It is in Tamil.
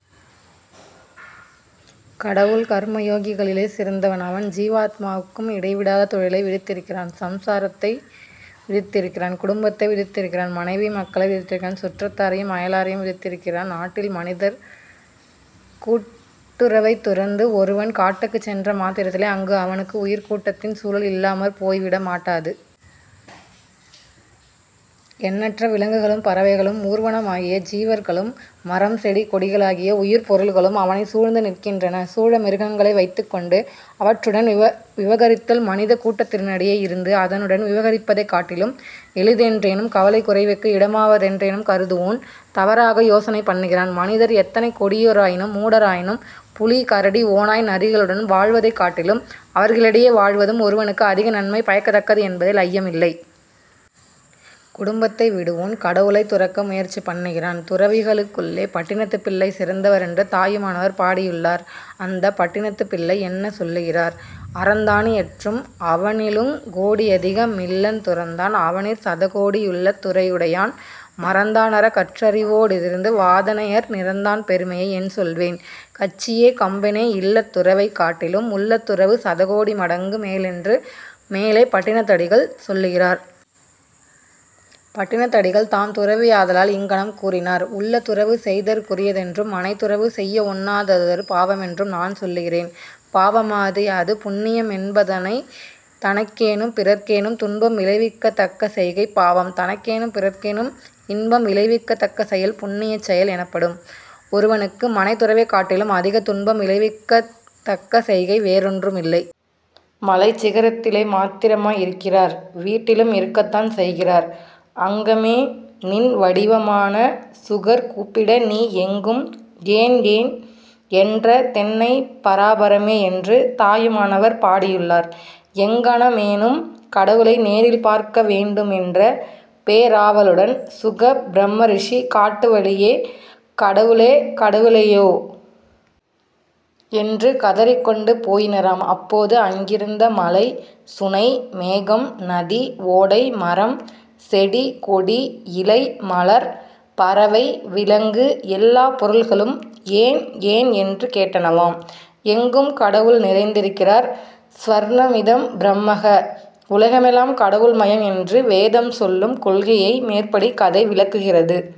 கடவுள் கர்ம யோகிகளிலே சிறந்தவன். அவன் ஜீவாத்மாவுக்கும் இடைவிடாத தொழிலை விதித்திருக்கிறான் சம்சாரத்தை விதித்திருக்கிறான்; குடும்பத்தை விதித்திருக்கிறான் மனைவி மக்களை விதித்திருக்கிறான் சுற்றத்தாரையும் அயலாரையும் விதித்திருக்கிறான். நாட்டில் மனிதர் கூட்டுறவைத் துறந்து ஒருவன் காட்டுக்குச் சென்ற மாத்திரத்திலே அங்கு அவனுக்கு உயிர்க் கூட்டத்தின் சூழல் இல்லாமற் போய்விட மாட்டாது. எண்ணற்ற விலங்குகளும், பறவைகளும், ஊர்வனவுமாகிய ஜீவர்களும், மரம், செடி, கொடிகளாகிய உயிர்ப் பொருள்களும் அவனைச் சூழ்ந்து நிற்கின்றன. சூழ மிருகங்களை வைத்துக் கொண்டு, அவற்றுடன் விவகரித்தல் மனிதக் கூட்டத்தினரிடையே இருந்து அதனுடன் விவகரிப்பதைக் காட்டிலும் எளிதென்றேனும் கவலைக் குறைவுக்கு இடமாவதென்றேனும் கருதுவோன் தவறாக யோசனை பண்ணுகிறான். மனிதர் எத்தனை கொடியோராயினும், மூடராயினும், புலி, கரடி, ஓநாய் நரிகளுடன் வாழ்வதைக் காட்டிலும் அவர்களிடையே வாழ்வதும் ஒருவனுக்கு அதிக நன்மை பயக்கத் தக்கது என்பதில் ஐயமில்லை. குடும்பத்தை விடுவோன் கடவுளைத் துறக்க முயற்சி பண்ணுகிறான். துறவிகளுக்குள்ளே பட்டினத்துப் பிள்ளை சிறந்தவரென்று தாயுமானவர் பாடியுள்ளார். அந்தப் பட்டினத்துப் பிள்ளை என்ன சொல்லுகிறார்? அறந்தா னியற்றும் அவனிலுங் கோடியதிக மில்லந் துறந்தான் அவனிற் சதகோடி யுள்ளத் துறையுடையான் மறந்தா னறக் கற்றறிவோ டிருந்திரு வாதனையற் நிறந்தான் பெருமையை என் சொல்லுவேன் கச்சியே கம்பனே இல்லத் துறவைக் காட்டிலும் உள்ளத் துறவு சதகோடி மடங்கு மேலென்று மேலே பட்டினத்தடிகள் சொல்லுகிறார். பட்டினத்தடிகள் தாம் துறவியாதலால் இங்ஙனம் கூறினார். உள்ளத் துறவு செய்தற்குரியதென்றும் மனைத் துறவு செய்யவொண்ணாததொரு பாவமென்றும் நான் சொல்லுகிறேன். பாவமாவது யாது? புண்ணியமென்பதெனனை? தனக்கேனும் பிறர்க்கேனும் துன்பம் விளைவிக்கத் தக்க செய்கை பாவம். தனக்கேனும் பிறர்க்கேனும் இன்பம் விளைவிக்கத்தக்க செயல் புண்ணியச் செயல் எனப்படும். ஒருவனுக்கு மனைத் துறவைக் காட்டிலும் அதிகத் துன்பம் விளைவிக்கத்தக்க செய்கை வேறொன்றுமில்லை. மலைச் சிகரத்திலே மாத்திரமா இருக்கிறார்? வீட்டிலும் இருக்கத்தான் செய்கிறார். அங்கமே நின் வடிவமான சுகர்கூப்பிட நீ எங்கும் 'ஏன்? ஏன்? ' என்ற தென்னே பராபரமே? என்று தாயுமானவர் பாடியுள்ளார். எங்ஙனமேனும், கடவுளை நேரில் பார்க்க வேண்டுமென்ற பேராவலுடன், சுகப் பிரம்மரிஷி காட்டு வழியே, 'கடவுளே, கடவுளே யோ! ' என்று கதறிக்கொண்டு போயினராம். அப்போது அங்கிருந்த மலை, சுனை, மேகம், நதி, ஓடை, மரம், செடி, கொடி, இலை, மலர், பறவை, விலங்கு எல்லாப் பொருள்களும் 'ஏன்? ஏன்? ' என்று கேட்டனவாம். எங்கும் கடவுள் நிறைந்திருக்கிறார். 'ஸர்வமிதம் ப்ரஹ்ம' உலகமெல்லாம் கடவுள் மயம் என்று வேதம் சொல்லும் கொள்கையையே மேற்படி கதை விளக்குகிறது.